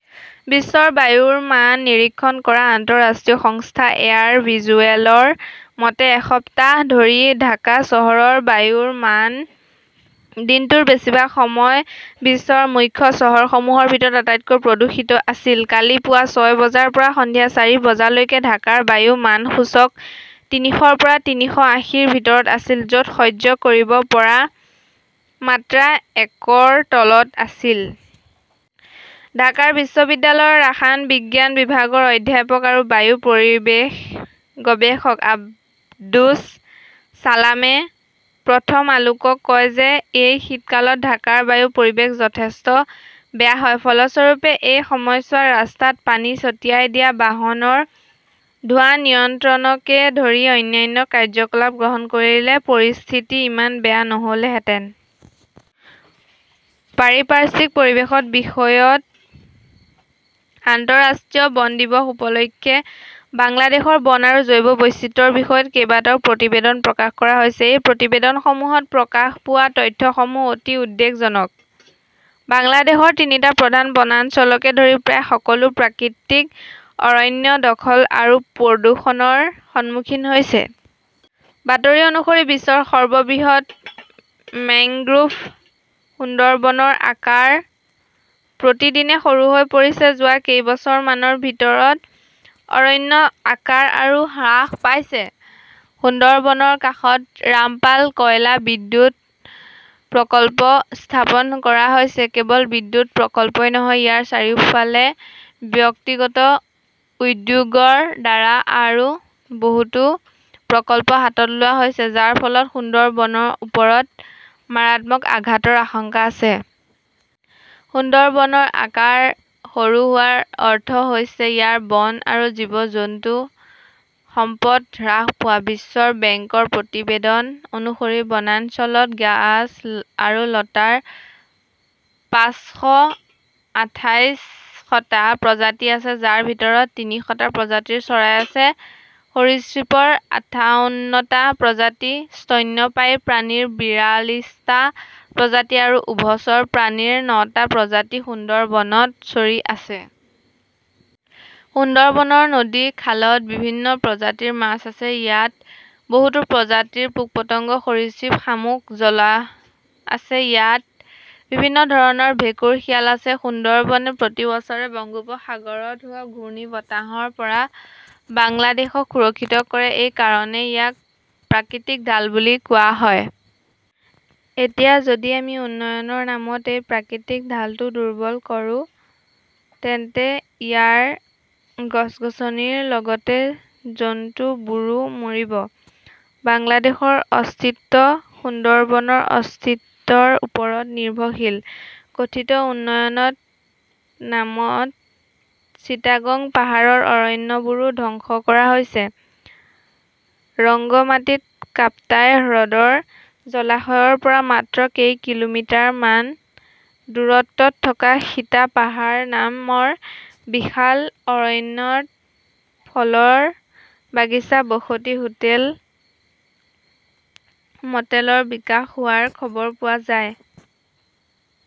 বিশ্বৰ বায়ুৰ মান নিৰীক্ষণ কৰা আন্তঃৰাষ্ট্ৰীয় সংস্থা এয়াৰ ভিজুৱেলৰ মতে, এসপ্তাহ ধৰি ঢাকা চহৰৰ বায়ুৰ মান দিনটোৰ বেছিভাগ সময় বিশ্বৰ মুখ্য চহৰসমূহৰ ভিতৰত আটাইতকৈ প্ৰদূষিত আছিল। কালি পুৱা ছয় বজাৰ পৰা সন্ধিয়া চাৰি বজালৈকে ঢাকাৰ বায়ু মান সূচক তিনিশৰ পৰা তিনিশ আশীৰ ভিতৰত আছিল, য'ত সহ্য কৰিব পৰা মাত্ৰা একৰ তলত আছিল। ঢাকা বিশ্ববিদ্যালয়ৰ ৰসায়ন বিজ্ঞান বিভাগৰ অধ্যাপক আৰু বায়ু পৰিৱেশ গৱেষক আব্দুছ চালামে প্ৰথম আলোকক কয় যে, এই শীতকালত ঢাকাৰ বায়ু পৰিৱেশ যথেষ্ট বেয়া হয়। ফলস্বৰূপে, এই সময়ছোৱাত ৰাস্তাত পানী ছটিয়াই দিয়া, বাহনৰ ধোঁৱা নিয়ন্ত্ৰণকে ধৰি অন্যান্য কাৰ্যকলাপ গ্ৰহণ কৰিলে পৰিস্থিতি ইমান বেয়া নহ'লহেঁতেন। পাৰিপাৰ্শ্বিক পৰিৱেশৰ বিষয়ত আন্তঃৰাষ্ট্ৰীয় বন দিৱস উপলক্ষে বাংলাদেশৰ বন আৰু জৈৱ বৈচিত্ৰ্যৰ বিষয়ত কেইবাটাও প্ৰতিবেদন প্ৰকাশ কৰা হৈছে। এই প্ৰতিবেদনসমূহত প্ৰকাশ পোৱা তথ্যসমূহ অতি উদ্বেগজনক। বাংলাদেশৰ তিনিটা প্ৰধান বনাঞ্চলকে ধৰি প্ৰায় সকলো প্ৰাকৃতিক অৰণ্য দখল আৰু প্ৰদূষণৰ সন্মুখীন হৈছে। বাতৰি অনুসৰি, বিশ্বৰ সৰ্ববৃহৎ মেংগ্ৰোভ সুন্দৰবনৰ আকাৰ প্ৰতিদিনে সৰু হৈ পৰিছে। যোৱা কেইবছৰমানৰ ভিতৰত অৰণ্যৰ আকাৰ আৰু হ্ৰাস পাইছে। সুন্দৰবনৰ কাষত ৰামপাল কয়লা বিদ্যুৎ প্ৰকল্প স্থাপন কৰা হৈছে। কেৱল বিদ্যুৎ প্ৰকল্পই নহয়, ইয়াৰ চাৰিওফালে ব্যক্তিগত উদ্যোগৰ দ্বাৰা আৰু বহুতো প্ৰকল্প হাতত লোৱা হৈছে, যাৰ ফলত সুন্দৰবনৰ ওপৰত মাৰাত্মক আঘাতৰ আশংকা আছে। সুন্দৰবনৰ আকাৰ সৰু হোৱাৰ অৰ্থ হৈছে ইয়াৰ বন আৰু জীৱ-জন্তুৰ সম্পদ হ্ৰাস পোৱা। বিশ্ব বেংকৰ প্ৰতিবেদন অনুসৰি, বনাঞ্চলত গাছ আৰু লতাৰ পাঁচশ আঠাইশটা প্ৰজাতি আছে, যাৰ ভিতৰত তিনিশটা প্ৰজাতিৰ চৰাই আছে। সৰীসৃপৰ আঠাউন্নটা প্ৰজাতি, স্তন্যপায়ী প্ৰাণীৰ বিৰালিশটা প্ৰজাতি আৰু উভচৰ প্ৰাণীৰ নটা প্ৰজাতি সুন্দৰবনত চৰি আছে। সুন্দৰবনৰ নদী-খালত বিভিন্ন প্ৰজাতিৰ মাছ আছে। ইয়াত বহুতো প্ৰজাতিৰ পোক-পতংগ, সৰীসৃপ, শামুক-জলাহ আছে। ইয়াত বিভিন্ন ধৰণৰ ভেঁকুৰ, শিয়াল আছে। সুন্দৰবনে প্ৰতি বছৰে বংগোপসাগৰত হোৱা ঘূৰ্ণীবতাহৰ পৰা বাংলাদেশক সুৰক্ষিত কৰে। এই কাৰণেই ইয়াক প্ৰাকৃতিক ঢাল বুলি কোৱা হয়। এতিয়া যদি আমি উন্নয়নৰ নামত এই প্ৰাকৃতিক ঢালটো দুৰ্বল কৰোঁ, তেন্তে ইয়াৰ গছ-গছনিৰ লগতে জন্তুবোৰো মৰিব। বাংলাদেশৰ অস্তিত্ব সুন্দৰবনৰ অস্তিত্বৰ ওপৰত নিৰ্ভৰশীল। কথিত উন্নয়নৰ নামত চিটাগং পাহাৰৰ অৰণ্যবোৰো ধ্বংস কৰা হৈছে। ৰংগমাতিত কাপ্তাই হ্ৰদৰ জলাশয়ৰ পৰা মাত্ৰ কেই কিলোমিটাৰ মান দূৰত্বত থকা সীতা পাহাৰ নামৰ বিশাল অৰণ্যত ফলৰ বাগিচা, বসতি, হোটেল-মটেলৰ বিকাশ হোৱাৰ খবৰ পোৱা যায়।